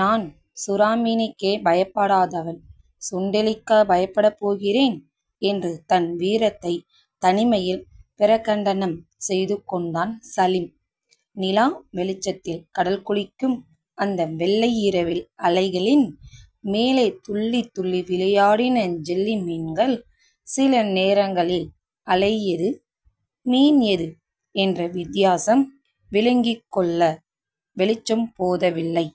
நான் சுறாமீனுக்கே பயப்படாதவன். சுண்டெலிக்கா பயப்படப் போகிறேன்..? என்று தன் வீரத்தைத் தனிமையில் பிரகன்டனம் செய்துகொண்டான் சலீம். நிலா வெளிச்சத்தில் கடல்குளிக்கும் அந்த வெள்ளை இரவில் அலைகளின் மேலே துள்ளித் துள்ளி விளையாடின ஜெல்லி மீன்கள். சில நேரங்களில் அலை எது, மீன் எது என்ற வித்தியாசம் விளங்கிக்கொள்ள வெளிச்சம் போதவில்லை.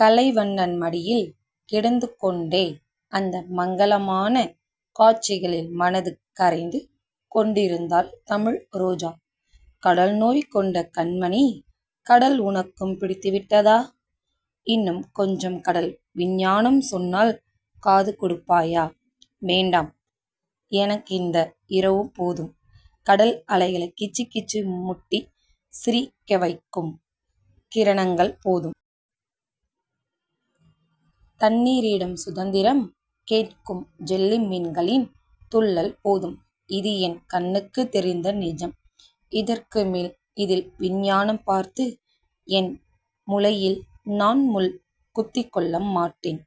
கலைவண்ணன் மடியில் கிடந்துகொண்டே அந்த மங்கலமான காட்சிகளில் மனது கரைந்து கொண்டிருந்தாள் தமிழ்ரோஜா. கடல்நோய் கொண்ட கண்மணி. கடல் உனக்கும் பிடித்துவிட்டதா..? இன்னும் கொஞ்சம் கடல் விஞ்ஞானம் சொன்னால் காது கொடுப்பாயா..? வேண்டாம்... எனக்கிந்த இரவுபோதும். கடல் அலைகளைக் கிச்சுக்கிச்சு முட்டிச் சிரிக்கவைக்கும் கிரணங்கள் போதும். தண்ணீரிடம் சுதந்திரம் கேட்கும் ஜெல்லிமீன்களின் துள்ளல் போதும். இது என் கண்ணுக்குத் தெரிந்த நிஜம். இதற்குமேல் இதில் விஞ்ஞானம் பார்த்து, என் முளையில் நான் முள் குத்திக்கொள்ள மாட்டேன்...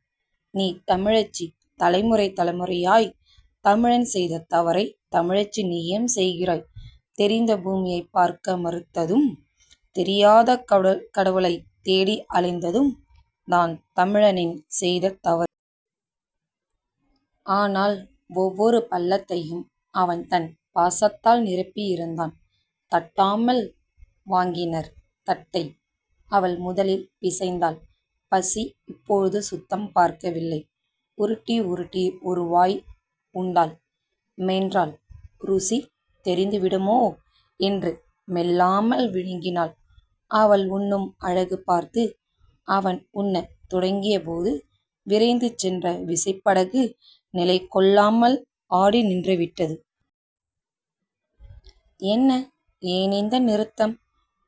நீ தமிழச்சி. தலைமுறை தலைமுறையாய்த் தமிழன் செய்த தவறைத் தமிழச்சி நீயும் செய்கிறாய். தெரிந்த பூமியைப் பார்க்க மறுத்ததும் தெரியாத கடவுளைத் தேடி அலைந்ததும் தான் தமிழனே செய்த தவறு. ஆனால் ஒவ்வொரு பள்ளத்தையும் அவன் தன் பாசத்தால் நிரப்பியிருந்தான். தட்டாமல் வாங்கினர் தட்டை. அவள் முதலில் பிசைந்தாள். பசி இப்போது சுத்தம் பார்க்கவில்லை. உருட்டி உருட்டி ஒரு வாய் உண்டாள். மென்றால் ருசி தெரிந்துவிடுமோ என்று மெல்லாமல் விழுங்கினாள். அவள் உண்ணும் அழகுபார்த்து அவன் உண்ணத் தொடங்கியபோது, விரைந்து சென்ற விசைப்படகு நிலைகொள்ளாமல் ஆடி நின்றுவிட்டது. என்ன... ஏனிந்த நிறுத்தம்..?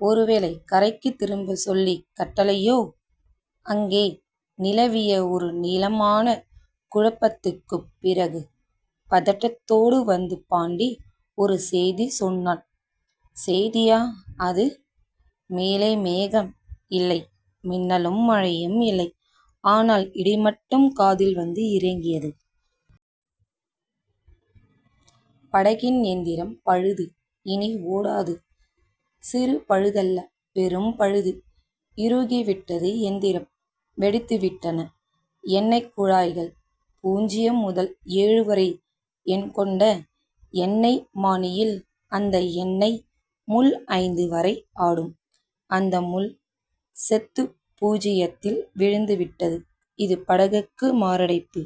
ஒருவேளை கரைக்குத் திரும்பச் சொல்லிக் கட்டளையோ..? அங்கே நிலவிய ஒரு நீளமான குழப்பத்துக்குப் பிறகு பதட்டத்தோடு வந்து பாண்டி ஒரு சேதி சொன்னான். சேதியா அது..? மேலே மேகம் இல்லை. மின்னலும் மழையும் இல்லை. ஆனால் இடிமட்டும் காதில் வந்து இறங்கியது. படகின் எந்திரம் பழுது. இனி ஓடாது. சிறு பழுதல்ல. பெரும் பழுது. இறுகிவிட்டது எந்திரம். வெடித்துவிட்டன எண்ணெய்க் குழாய்கள். பூஜ்ஜியம் முதல் ஏழு வரை எண்கொண்ட எண்ணெய்மானியில் அந்த எண்ணெய் முள் ஐந்து வரை ஆடும். அந்த முள் செத்து பூஜயத்தில் விழுந்து விட்டது. இது படகுக்கு மாரடைப்பு.